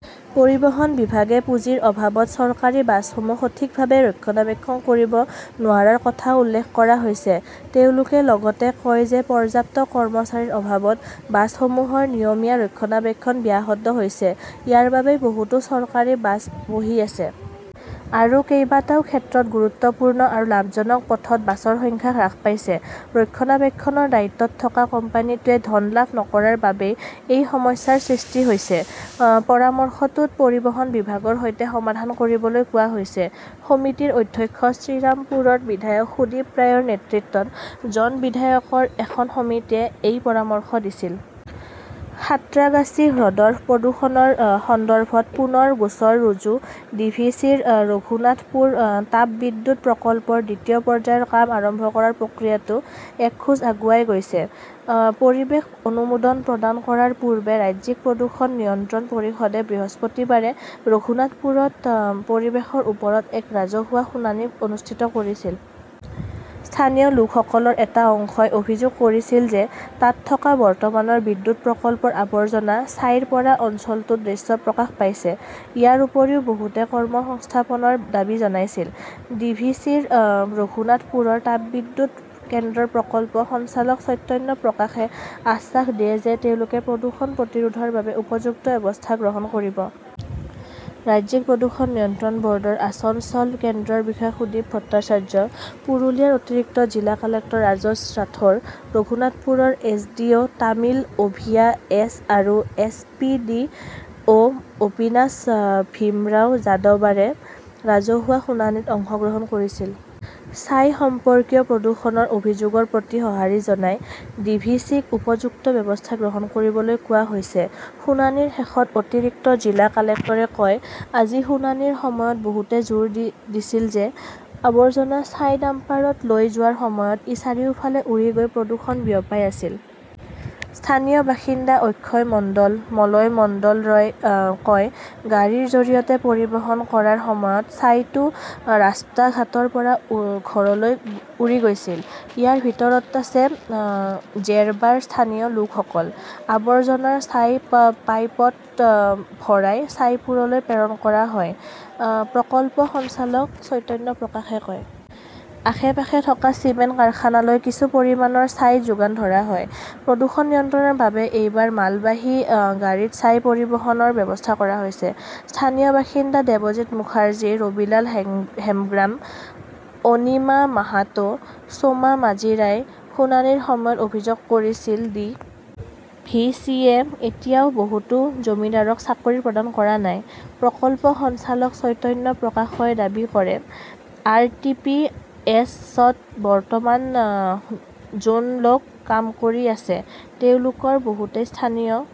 পৰিবহণ বিভাগে পুঁজিৰ অভাৱত চৰকাৰী বাছসমূহ সঠিকভাৱে ৰক্ষণাবেক্ষণ কৰিব নোৱাৰাৰ কথাও উল্লেখ কৰা হৈছে। তেওঁলোকে লগতে কয় যে পৰ্যাপ্ত কৰ্মচাৰীৰ অভাৱত বাছসমূহৰ নিয়মীয়া ৰক্ষণাবেক্ষণ ব্যাহত হৈছে। ইয়াৰ বাবেই বহুতো চৰকাৰী বাছ বহি আছে। আৰু কেইবাটাও ক্ষেত্ৰত গুৰুত্বপূৰ্ণ আৰু লাভজনক পথত বাছৰ সংখ্যা হ্ৰাস পাইছে। ৰক্ষণাবেক্ষণৰ দায়িত্বত থকা কোম্পানীটোৱে ধন লাভ নকৰাৰ বাবেই এই সমস্যাৰ সৃষ্টি হৈছে। পৰামৰ্শটোত পৰিবহণ বিভাগৰ সৈতে সমাধান কৰিবলৈ কোৱা হৈছে। সমিতিৰ অধ্যক্ষ শ্ৰীৰামপুৰৰ বিধায়ক সুদীপ ৰায়ৰ নেতৃত্বত জন বিধায়কৰ এখন সমিতিয়ে এই পৰামৰ্শ দিছিল। সাঁত্ৰাগাছী হ্ৰদৰ প্ৰদূষণৰ সন্দৰ্ভত পুনৰ গোচৰ ৰুজু ডি. ভি. চি. -ৰ ৰঘুনাথপুৰ তাপবিদ্যুৎ প্ৰকল্পৰ দ্বিতীয় পৰ্যায়ৰ কাম আৰম্ভ কৰাৰ প্ৰক্ৰিয়াটো এক খোজ আগুৱাই গৈছে। পৰিৱেশ অনুমোদন প্ৰদান কৰাৰ পূৰ্বে ৰাজ্যিক প্ৰদূষণ নিয়ন্ত্ৰণ পৰিষদে বৃহস্পতিবাৰে ৰঘুনাথপুৰত পৰিৱেশৰ ওপৰত এক ৰাজহুৱা শুনানি অনুষ্ঠিত কৰিছিল। স্থানীয় লোকসকলৰ এটা অংশই অভিযোগ কৰিছিল যে তাত থকা বৰ্তমানৰ বিদ্যুৎ প্ৰকল্পৰ আৱৰ্জনা ছাইৰ পৰা অঞ্চলটোত দৃশ্য প্ৰকাশ পাইছে। ইয়াৰ উপৰিও বহুতে কৰ্মসংস্থাপনৰ দাবী জনাইছিল। ডি. ভি. চি. -ৰ ৰঘুনাথপুৰৰ তাপবিদ্যুৎ কেন্দ্ৰৰ প্ৰকল্প সঞ্চালক চৈতন্য প্ৰকাশে আশ্বাস দিয়ে যে তেওঁলোকে প্ৰদূষণ প্ৰতিৰোধৰ বাবে উপযুক্ত ব্যৱস্থা গ্ৰহণ কৰিব। ৰাজ্যিক প্ৰদূষণ নিয়ন্ত্ৰণ ব "ৰ্ডৰ আসনছ" ল কেন্দ্ৰৰ বিষয়া সুদীপ ভট্টাচাৰ্য, পুৰুলিয়াৰ অতিৰিক্ত জিলা কালেক্টৰ ৰাজেশ ৰাথোৰ, ৰঘুনাথপুৰৰ S. D. O ". Tamil Oviya S. আৰু S. D. P. O". Avinash Bhimrao যাদৱাৰে ৰাজহুৱা শুনানিত অংশগ্ৰহণ কৰিছিল। "ছাই সম্পৰ্কীয় প্ৰদূষণৰ অভিযোগৰ প্ৰতি সঁহাৰি জনাই ডি. ভি. চি. ক উপযুক্ত ব্যৱস্থা গ্ৰহণ কৰিবলৈ কোৱা হৈছে", শুনানিৰ শেষত অতিৰিক্ত জিলা কালেক্টৰে কয়। "আজি শুনানিৰ সময়ত বহুতে জোৰ দিছিল যে আৱৰ্জনা ছাই ডাম্পাৰত লৈ যোৱাৰ সময়ত ই চাৰিওফালে উৰি গৈ প্ৰদূষণ বিয়পাই আছিল। স্থানীয় বাসিন্দা অক্ষয় মণ্ডল, মলয় মণ্ডলৰাই কয়, "গাড়ীৰ জৰিয়তে পৰিবহণ কৰাৰ সময়ত ছাইটো ৰাস্তা-ঘাটৰ পৰা ঘৰলৈ উৰি গৈছিল। ইয়াৰ ভিতৰত আছে জেৰবাৰ স্থানীয় লোকসকল। "আৱৰ্জনাৰ ছাই পাইপত ভৰাই ছাইপুৰলৈ প্ৰেৰণ কৰা হয়", প্ৰকল্প সঞ্চালক চৈতন্য প্ৰকাশে কয়। আশে-পাশে থকা চিমেণ্ট কাৰখানালৈ কিছু পৰিমাণৰ ছাই যোগান ধৰা হয়। প্ৰদূষণ নিয়ন্ত্ৰণৰ বাবে এইবাৰ মালবাহী গাড়ীত ছাই পৰিবহণৰ ব্যৱস্থা কৰা হৈছে। "স্থানীয় বাসিন্দা দেৱজিৎ মুখাৰ্জী, ৰবীলাল হেমব্ৰাম, অনিমা মাহাতো, সোমা মাজিৰাই শুনানিৰ সময়ত অভিযোগ কৰিছিল", ডি. ভি. চি. -য়ে এতিয়াও বহুতো জমিদাৰক চাকৰি প্ৰদান কৰা নাই। "প্ৰকল্প সঞ্চালক চৈতন্য প্ৰকাশই দাবী কৰে", আৰ. টি. পি. এছ. -ত বৰ্তমান জন লোক কাম কৰি আছে। তেওঁলোকৰ বহুতেই স্থানীয়